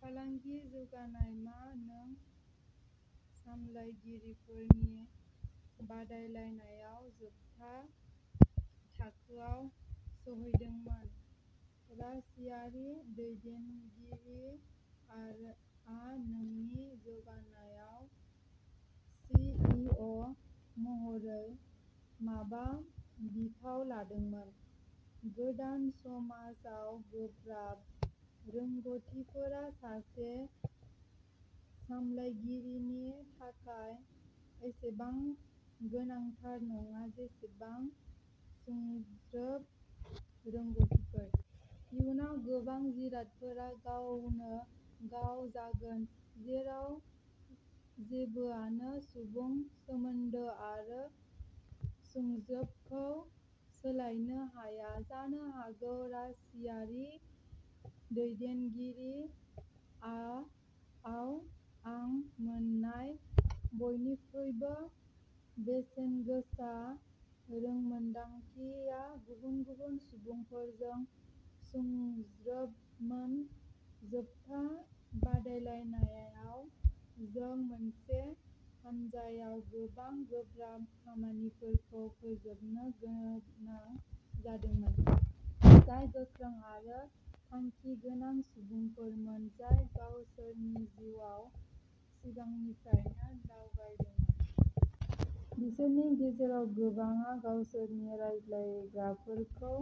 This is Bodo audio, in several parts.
फालांगि जौगानाय। मा नों सामलायगिरिफोरनि बादायलायनायाव जोबथा थाखोआव सौहैदोंमोन रासियानि दैदेनगिरि आ नोंनि जौगानायाव सि. इ. अ. महरै माबा बिफाव लादोंमोन? गोदान समाजआव गोब्राब रोंग'थिफोरा सासे सामलायगिरिनि थाखाय एसेबां गोनांथार नङा जेसेबां सुंज्रोब रोंग'थिफोर। इयुनाव गोबां जिरादफोरा गावनो गाव जागोन जेराव जेबोआनो सुबुं सोमोन्दो आरो सुंज्रोबखौ सोलायनो हाया। जानो हागौ रासियानि दैदेनगिरि आव आं मोननाय बयनिख्रुइबो बेसेनगोसा रोंमोनदांथिया गुबुन गुबुन सुबुंफोरजों सुंज्रोबमोन। जोबथा बादायलायनायाव जों मोनसे हानजायाव गोबां गोब्राब खामानिफोरखौ फोजोबनो गोनां जादोंमोन जाय गोख्रों आरो थांखि गोनां सुबुंफोरमोन जाय गावसोरनि जिउआव सिगांनिफ्रायनो दावगादोंमोन। बिसोरनि गेजेराव गोबांआ गावसोरनि रायज्लायग्राफोरखौ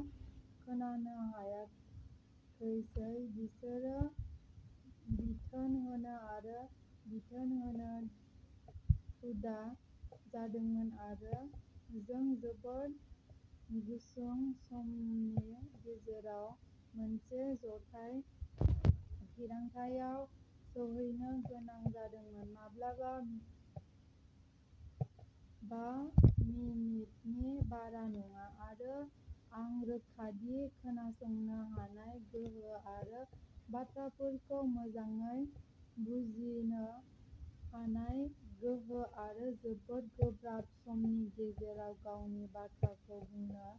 खोनानो हायाखिसै। बिसोरो बिथोन होनो आरो बिथोन होनो हुदा जादोंमोन आरो जों जोबोद गुसुं समनि गेजेराव मोनसे जथाय थिरांथायाव सौहैनो गोनां जादोंमोन। माब्लाबा बा मिनिटनि बारा नङा। आरो आं रोखा दि खोनासंनो हानाय गोहो आरो बाथ्राफोरखौ मोजाङै बुजिनो हानाय गोहो आरो जोबोद गोब्राब समनि गेजेराव गावनि बाथ्राखौ बुंनो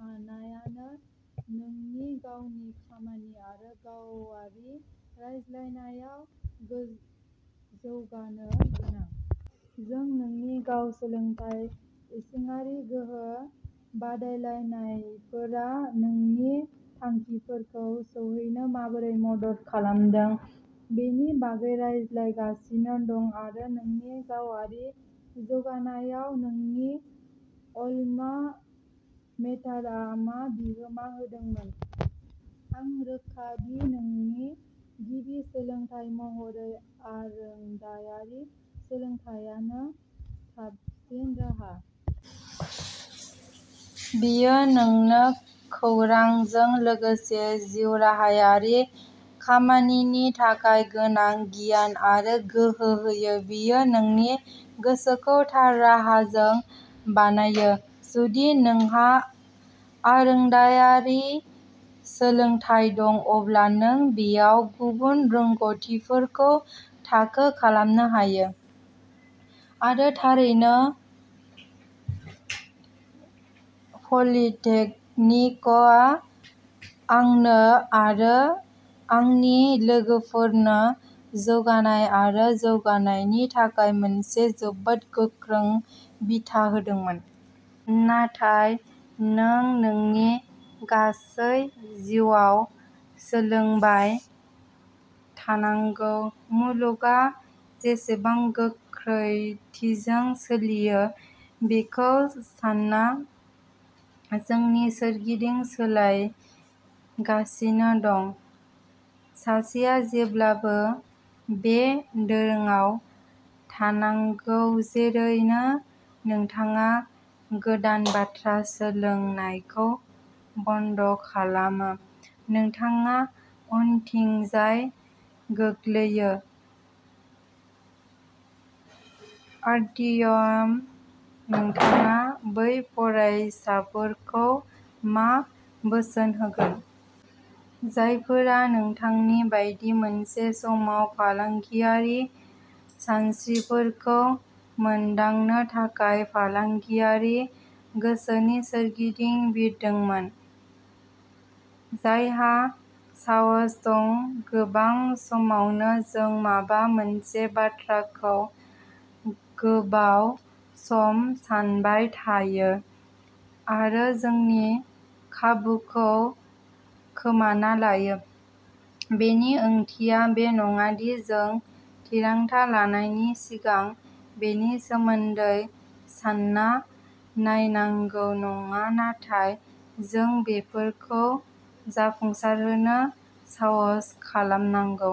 हानायानो नोंनि गावनि खामानि आरो गावारि रायज्लायनायाव जौगानो गोनां। जों नोंनि गाव सोलोंथाय इसिङारि गोहो बादायलायनायफोरा नोंनि थांखिफोरखौ सौहैनो माबोरै मदद खालामदों बेनि बागै रायज्लायगासिनो दं। आरो नोंनि गावारि जौगानायाव नोंनि अल्मा मेटारआ मा बिहोमा होदोंमोन? आं रोखा दि नोंनि गिबि सोलोंथाय महरै आरोंदायारि सोलोंथायानो साबसिन राहा। बेयो नोंनो खौरांजों लोगोसे जिउराहायारि खामानिनि थाखाय गोनां गियान आरो गोहो होयो; बेयो नोंनि गोसोखौ थार राहाजों बानायो। जुदि नोंहा आरोंदायारि सोलोंथाय दं अब्ला नों बेयाव गुबुन रोंग'थिफोरखौ थाखो खालामनो हायो। आरो थारैनो पलिटेकनिकआ आंनो आरो आंनि लोगोफोरनो जौगानाय आरो जौगानायनि थाखाय मोनसे जोबोद गोख्रों बिथा होदोंमोन। नाथाय नों नोंनि गासै जिउआव सोलोंबाय थानांगौ मुलुगआ बेसेबां गोख्रैथिजों सोलियो बेखौ सान्ना। जोंनि सोरगिदिं सोलायगासिनो दं। सासेआ जेब्लाबो बे दोरोंआव थानांगौ। जेरैनो नोंथाङा गोदान बाथ्रा सोलोंनायखौ बन्द खालामो नोंथाङा उनथिंजाय गोग्लैयो। आर्तियम नोंथाङा बै फरायसाफोरखौ मा बोसोन होगोन। जायफोरा नोंथांनि बायदि मोनसे समाव फालांगियारि सानस्रिफोरखौ मोनदांनो थाखाय फालांगियारि गोसोनि सोरगिदिं बिरदोंमोन? जायहा साहस दं गोबां समावनो जों माबा मोनसे बाथ्राखौ गोबाव सम सानबाय थायो आरो जोंनि खाबुखौ खोमाना लायो। बेनि ओंथिया बे नङा दि जों थिरांथा लानायनि सिगां बेनि सोमोन्दै सानना नायनांगौ नङा नाथाय जों बेफोरखौ जाफुंसारहोनो साहस खालामनांगौ।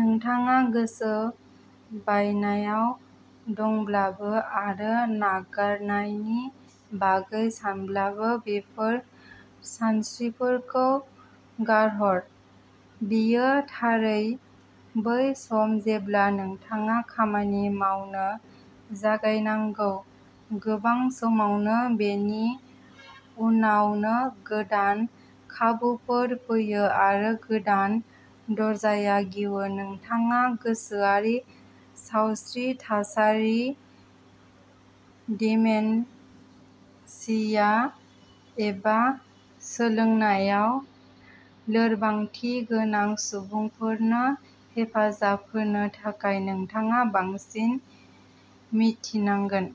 नोंथाङा गोसो बायनायाव दंब्लाबो आरो नागारनायनि बागै सानब्लाबो बेफोर सानस्रिफोरखौ गारहर। बेयो थारै बै सम जेब्ला नोंथाङा खामानि मावनो जागायनांगौ। गोबां समावनो बेनि उनावनो गोदान खाबुफोर फैयो आरो गोदान दरजाया गेवो। नोंथाङा गोसोआरि सावस्रि थासारि दिमेनशिया एबा सोलोंनायाव लोरबांथि गोनां सुबुंफोरनो हेफाजाब होनो थाखाय नोंथाङा बांसिन मिथिनांगोन।